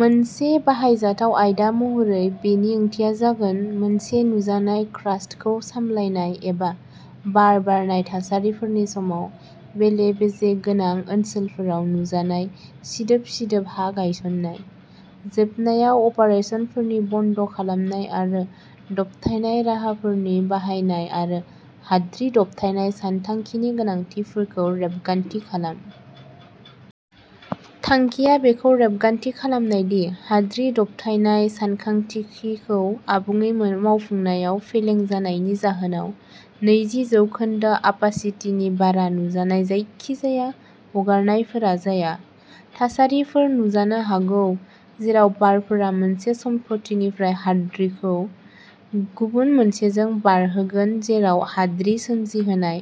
मोनसे बाहायजाथाव आयदा महरै बेनि ओंथिया जागोन मोनसे नुजानाय क्रास्टखौ सामलायनाय एबा बार बारनाय थासारिफोरनि समाव बेले-बेजे गोनां ओनसोलफोराव नुजानाय सिदोब-सिदोब हा गायसन्नाय। जोबनायाव अपारेसनफोरनि बन्द' खालामनाय आरो दबथायनाय राहाफोरनि बाहायनाय आरो हाद्रि दबथायनाय सानथांखिनि गोनांथिफोरखौ रेबगान्थि खालाम। थांखिया बेखौ रेबगान्थि खालामनाय दि हाद्रि दबथायनाय सानथांखिखौ आबुङै मावफुंनायाव फेलें जानायनि जाहोनाव नैजि जौखोन्दो अपासिटिनि बारा नुजानाय जायखिजाया हगारनायफोरा जाया। थासारिफोर नुजानो हागौ जेराव बारफोरा मोनसे सम्पथिनिफ्राय हाद्रिखौ गुबुन मोनसेजों बारहोगोन जेराव हाद्रि सोमजिहोनाय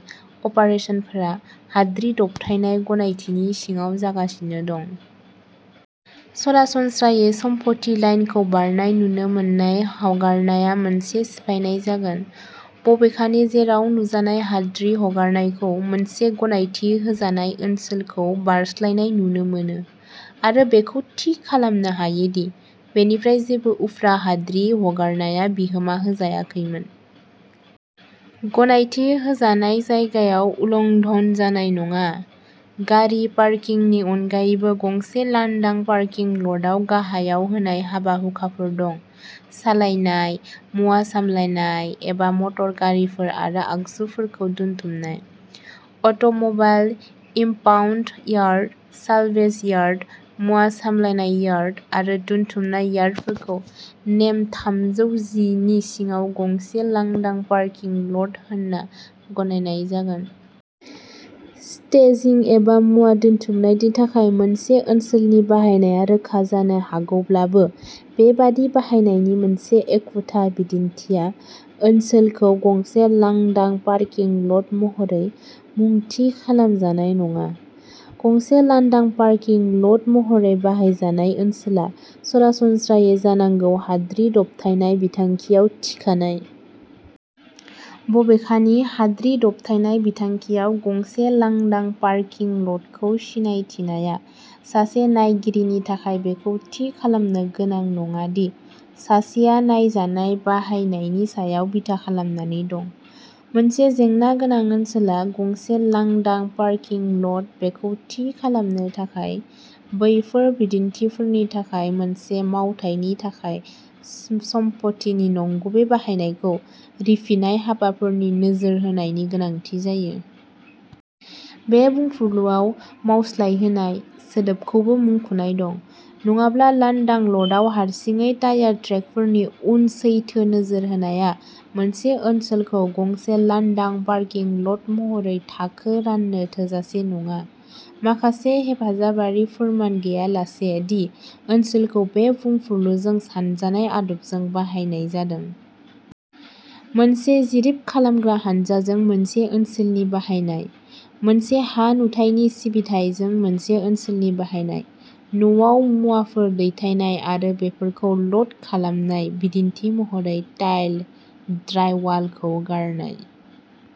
अपारेसनफोरा हाद्रि दबथायनाय गनायथिनि सिङाव जागासिनो दं। सरासनस्रायै सम्पथि लाइनखौ बारनाय नुनो मोननाय हगारनाया मोनसे सिफायनाय जागोन। बबेखानि जेराव नुजानाय हाद्रि हगारनायखौ मोनसे गनायथि होजानाय ओनसोलखौ बारस्लायनाय नुनो मोनो आरो बेखौ थि खालामनो हायो दि बेनिफ्राय जेबो उफ्रा हाद्रि हगारनाया बिहोमा होजायाखैमोन। गनायथि होजानाय जायगायाव उल्लंधन जानाय नङा। गारि पार्किंनि अनगायैबो गंसे लांदां पार्किं ल'टआव गाहायाव होनाय हाबा-हुखाफोर दं, सालायनाय, मुवा सामलायनाय एबा मटर गारिफोर आरो आगजुफोरखौ दोनथुमनाय। Automobile impound yard, salvage yard, मुवा सामलायनाय यार्ड आरो दोनथुमनाय यार्डफोरखौ नेम थामजौ जि नि सिङाव गंसे लांदां पार्किं ल'ट होनना गनायनाय जागोन। स्टेजिं एबा मुवा दोनथुमनायनि थाखाय मोनसे ओनसोलनि बाहायनाया रोखा जानो हागौब्लाबो बेबादि बाहायनायनि मोनसे एखुथा बिदिन्थिआ ओनसोलखौ गंसे लांदां पार्किं ल'ट महरै मुं थि खालाम जानाय नङा। गंसे लांदां पार्किं ल'ट महरै बाहायजानाय ओनसोला सरासनस्रायै जानांगौ हाद्रि दबथायनाय बिथांखियाव थिखानाय। बबेखानि हाद्रि दबथायनाय बिथांखियाव गंसे लांदां पार्किं ल'टखौ सिनायथिनाया सासे नायगिरिनि थाखाय बेखौ थि खालामनो गोनां नङा दि सासेआ नायजानाय बाहायनायनि सायाव बिथा खालामनानै दं। मोनसे जेंना गोनां ओनसोला गंसे लांदां पार्किं ल'ट बेखौ थि खालामनो थाखाय बैफोर बिदिन्थिफोरनि थाखाय मोनसे मावथायनि थाखाय सम्पथिनि नंगुबै बाहायनायखौ रिफिनाय हाबाफोरनि नोजोर होनायनि गोनांथि जायो। बे बुंफुरलुआव "मावस्लायहोनाय" सोदोबखौबो मुंख'नाय दं। नङाब्ला लांदां ल'टआव हारसिङै टायार ट्रेकफोरनि उन सैथो नोजोर होनाया मोनसे ओनसोलखौ गंसे लांदां पार्किं ल'ट महरै थाखो राननो थोजासे नङा माखासे हेफाजाबारि फोरमान गैयालासे दि ओनसोलखौ बे बुंफुरलुजों सानजानाय आदबजों बाहायनाय जादों। मोनसे जरिब खालामग्रा हान्जाजों मोनसे ओनसोलनि बाहायनाय। मोनसे हा-नुथायनि सिबिथाइजों मोनसे ओनसोलनि बाहायनाय। न'आव मुवाफोर दैथायनाय आरो बेफोरखौ ल'ड खालामनाय बिदिन्थि महरै टाइल, ड्राइवालखौ गारनाय।